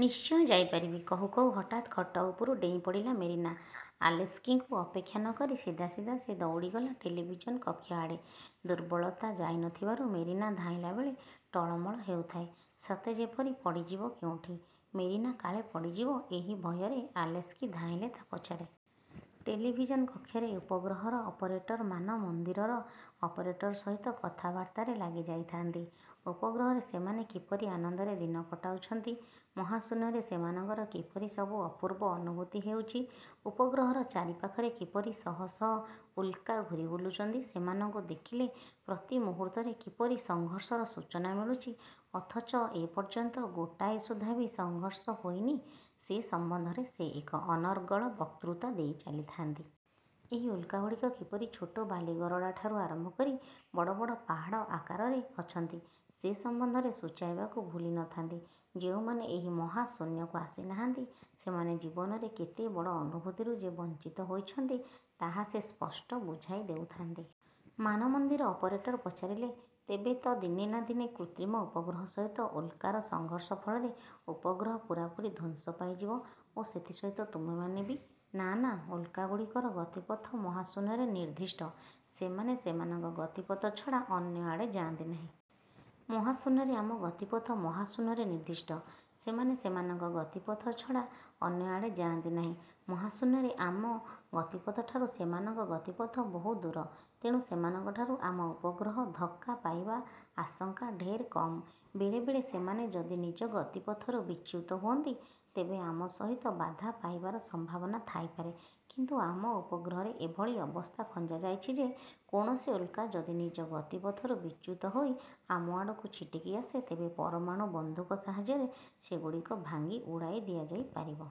ନିଶ୍ଚୟ ଯାଇପାରିବି। '' କହୁ କହୁ ହଠାତ୍ ଖଟ ଉପରୁ ଡେଇଁପଡ଼ିଲା ମେରିନା। ଆଲେସ୍କିଙ୍କୁ ଅପେକ୍ଷା ନକରି ସିଧାସିଧା ସେ ଦୌଡ଼ିଗଲା ଟେଲିଭିଜନ୍ କକ୍ଷ ଆଡ଼େ। ଦୁର୍ବଳତା ଯାଇ ନଥିବାରୁ ମେରିନା ଧାଇଁଲାବେଳେ ଟଳମଳ ହେଉଥାଏ; ସତେ ଯେପରି ପଡ଼ିଯିବ କେଉଁଠି। ମେରିନା କାଳେ ପଡ଼ିଯିବ, ଏହି ଭୟରେ ଆଲେସ୍କି ଧାଇଁଲେ ତା ପଛରେ। ଟେଲିଭିଜନ୍ କକ୍ଷରେ ଉପଗ୍ରହର ଅପରେଟର୍ ମାନମନ୍ଦିରର ଅପରେଟର ସହିତ କଥାବାର୍ତ୍ତାରେ ଲାଗିଯାଇଥାନ୍ତି। ଉପଗ୍ରହରେ ସେମାନେ କିପରି ଆନନ୍ଦରେ ଦିନ କଟାଉଛନ୍ତି, ମହାଶୂନ୍ୟରେ ସେମାନଙ୍କର କିପରି ସବୁ ଅପୂର୍ବ ଅନୁଭୂତି ହେଉଛି, ଉପଗ୍ରହର ଚାରି ପାଖରେ କିପରି ଶହ ଶହ ଉଲ୍କା ଘୂରିବୁଲୁଛନ୍ତି, ସେମାନଙ୍କୁ ଦେଖିଲେ ପ୍ରତି ମୁହୂର୍ତ୍ତରେ କିପରି ସଂଘର୍ଷର ସୂଚନା ମିଳୁଛି ଅଥଚ ଏପର୍ଯ୍ୟନ୍ତ ଗୋଟାଏ ସୁଦ୍ଧା ବି ସଂଘର୍ଷ ହୋଇନି, ସେ ସମ୍ବନ୍ଧରେ ସେ ଏକ ଅନର୍ଗଳ ବକ୍ତୃତା ଦେଇ ଚାଲିଥାନ୍ତି। ଏହି ଉଲ୍କାଗୁଡ଼ିକ କିପରି ଛୋଟ ବାଲିଗରଡ଼ାଠାରୁ ଆରମ୍ଭକରି ବଡ଼ ବଡ଼ ପାହାଡ଼ ଆକାରରେ ଅଛନ୍ତି, ସେ ସମ୍ବନ୍ଧରେ ସୂଚାଇବାକୁ ଭୁଲି ନଥାନ୍ତି। ଯେଉଁମାନେ ଏହି ମହାଶୂନ୍ୟକୁ ଆସିନାହାନ୍ତି, ସେମାନେ ଜୀବନରେ କେତେ ବଡ଼ ଅନୁଭୂତିରୁ ଯେ ବଞ୍ଚିତ ହୋଇଛନ୍ତି ତାହା ସେ ସ୍ପଷ୍ଟ ବୁଝାଇ ଦେଉଥାନ୍ତି। ମାନମନ୍ଦିର ଅପରେଟର ପଚାରିଲେ, ''ତେବେ ତ ଦିନେ ନା ଦିନେ କୃତ୍ରିମ ଉପଗ୍ରହ ସହିତ ଉଲ୍କାର ସଂଘର୍ଷ ଫଳରେ ଉପଗ୍ରହ ପୂରାପୂରି ଧ୍ୱଂସ ପାଇଯିବ ଓ ସେଥିସହିତ ତୁମେମାନେ ବି। "ନା ନା, ଉଲ୍କାଗୁଡିକର ଗତିପଥ ମହାଶୂନ୍ୟରେ ନିର୍ଦ୍ଦିଷ୍ଟ। ସେମାନେ ସେମାନଙ୍କ ଗତିପଥ ଛଡ଼ା ଅନ୍ୟ ଆଡ଼େ ଯାଆନ୍ତି ନାହିଁ। ମହାଶୂନ୍ୟରେ ଆମ ଗତିପଥ ମହାଶୂନ୍ୟରେ ନିର୍ଦ୍ଦିଷ୍ଟ। ସେମାନେ ସେମାନଙ୍କ ଗତିପଥ ଛଡ଼ା ଅନ୍ୟ ଆଡ଼େ ଯାଆନ୍ତି ନାହିଁ। ମହାଶୂନ୍ୟରେ ଆମ ଗତିପଥଠାରୁ ସେମାନଙ୍କ ଗତିପଥ ବହୁ ଦୂର। ତେଣୁ ସେମାନଙ୍କଠାରୁ ଆମ ଉପଗ୍ରହ ଧକ୍କା ପାଇବା ଆଶଙ୍କା ଢେର୍ କମ୍। ବେଳେ ବେଳେ ସେମାନେ ଯଦି ନିଜଗତିପଥରୁ ବିଚ୍ୟୁତ ହୁଅନ୍ତି, ତେବେ ଆମ ସହିତ ବାଧା ପାଇବାର ସମ୍ଭାବନା ଥାଇପାରେ; କିନ୍ତୁ ଆମ ଉପଗ୍ରହରେ ଏଭଳି ଅବସ୍ଥା ଖଞ୍ଜାଯାଇଛି ଯେ, କୌଣସି ଉଲ୍କା ଯଦି ନିଜ ଗତିପଥରୁ ବିଚ୍ୟୁତ ହୋଇ ଆମ ଆଡ଼କୁ ଛିଟିକି ଆସେ, ତେବେ ପରମାଣୁବନ୍ଧୁକ ସାହାଯ୍ୟରେ ସେଗୁଡ଼ିକ ଭାଙ୍ଗି ଉଡ଼ାଇ ଦିଆଯାଇ ପାରିବ-।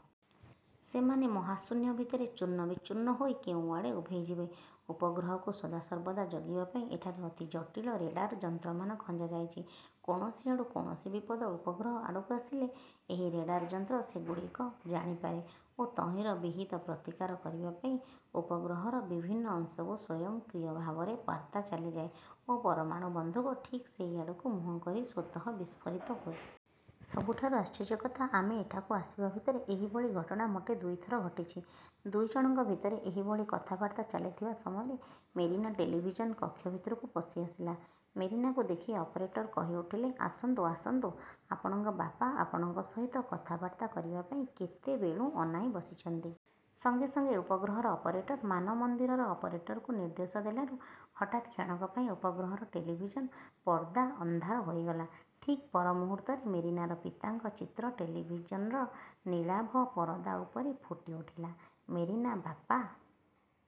ସେମାନେ ମହାଶୂନ୍ୟ ଭିତରେ ଚୂର୍ଣ୍ଣବିଚୂର୍ଣ୍ଣ ହୋଇ କେଉଁଆଡ଼େ ଉଭେଇଯିବେ। ଉପଗ୍ରହକୁ ସଦାସର୍ବଦା ଜଗିବାପାଇଁ ଏଠାରେ ଅତି ଜଟିଳ ରେଡ଼ାର୍ ଯନ୍ତ୍ରମାନ ଖଞ୍ଜାଯାଇଛି। କୌଣସି ଆଡ଼ୁ କୌଣସି ବିପଦ ଉପଗ୍ରହ ଆଡ଼କୁ ଆସିଲେ, ଏହି ରେଡ଼ାର୍ ଯନ୍ତ୍ର ସେଗୁଡ଼ିକ ଜାଣିପାରେ ଓ ତହିଁର ବିହିତ ପ୍ରତିକାର କରିବା ପାଇଁ ଉପଗ୍ରହର ବିଭିନ୍ନ ଅଂଶକୁ ସ୍ୱୟଂକ୍ରିୟ ଭାବରେ ବାର୍ତ୍ତା ଚାଲିଯାଏ ଓ ପରମାଣୁବନ୍ଧୁକ ଠିକ୍ ସେଇ ଆଡ଼କୁ ମୁହଁ କରି ସ୍ୱତଃ ବିସ୍ଫୋରିତ ହୁଏ। ସବୁଠାରୁ ଆଶ୍ଚର୍ଯ୍ୟ କଥା, ଆମେ ଏଠାକୁ ଆସିବା ଭିତରେ ଏହିଭଳି ଘଟଣା ମୋଟେ ଦୁଇଥର ଘଟିଛି। '' ଦୁଇଜଣଙ୍କ ଭିତରେ ଏହିଭଳି କଥାବାର୍ତ୍ତା ଚାଲିଥିବା ସମୟରେ ମେରିନା ଟେଲିଭିଜନ୍ କକ୍ଷ ଭିତରକୁ ପଶିଆସିଲା। ମେରିନାକୁ ଦେଖି ଅପରେଟର୍ କହିଉଠିଲେ, ''ଆସନ୍ତୁ, ଆସନ୍ତୁ, ଆପଣଙ୍କ ବାପା ଆପଣଙ୍କ ସହିତ କଥାବାର୍ତ୍ତା କରିବାପାଇଁ କେତେ ବେଳୁଁ ଅନାଇ ବସିଛନ୍ତି। '' ସଙ୍ଗେ ସଙ୍ଗେ ଉପଗ୍ରହର ଅପରେଟର୍ ମାନମନ୍ଦିରର ଅପରେଟରକୁ ନିର୍ଦ୍ଦେଶ ଦେଲାରୁ ହଠାତ୍ କ୍ଷଣକ ପାଇଁ ଉପଗ୍ରହର ଟେଲିଭିଜନ୍ ପର୍ଦ୍ଦା ଅନ୍ଧାର ହୋଇଗଲା। ଠିକ୍ ପରମୁହୂର୍ତ୍ତରେ ମେରିନାର ପିତାଙ୍କ ଚିତ୍ର ଟେଲିଭିଜନ୍ର ନୀଳାଭ ପରଦା ଉପରେ ଫୁଟିଉଠିଲା। ମେରିନା 'ବାପା'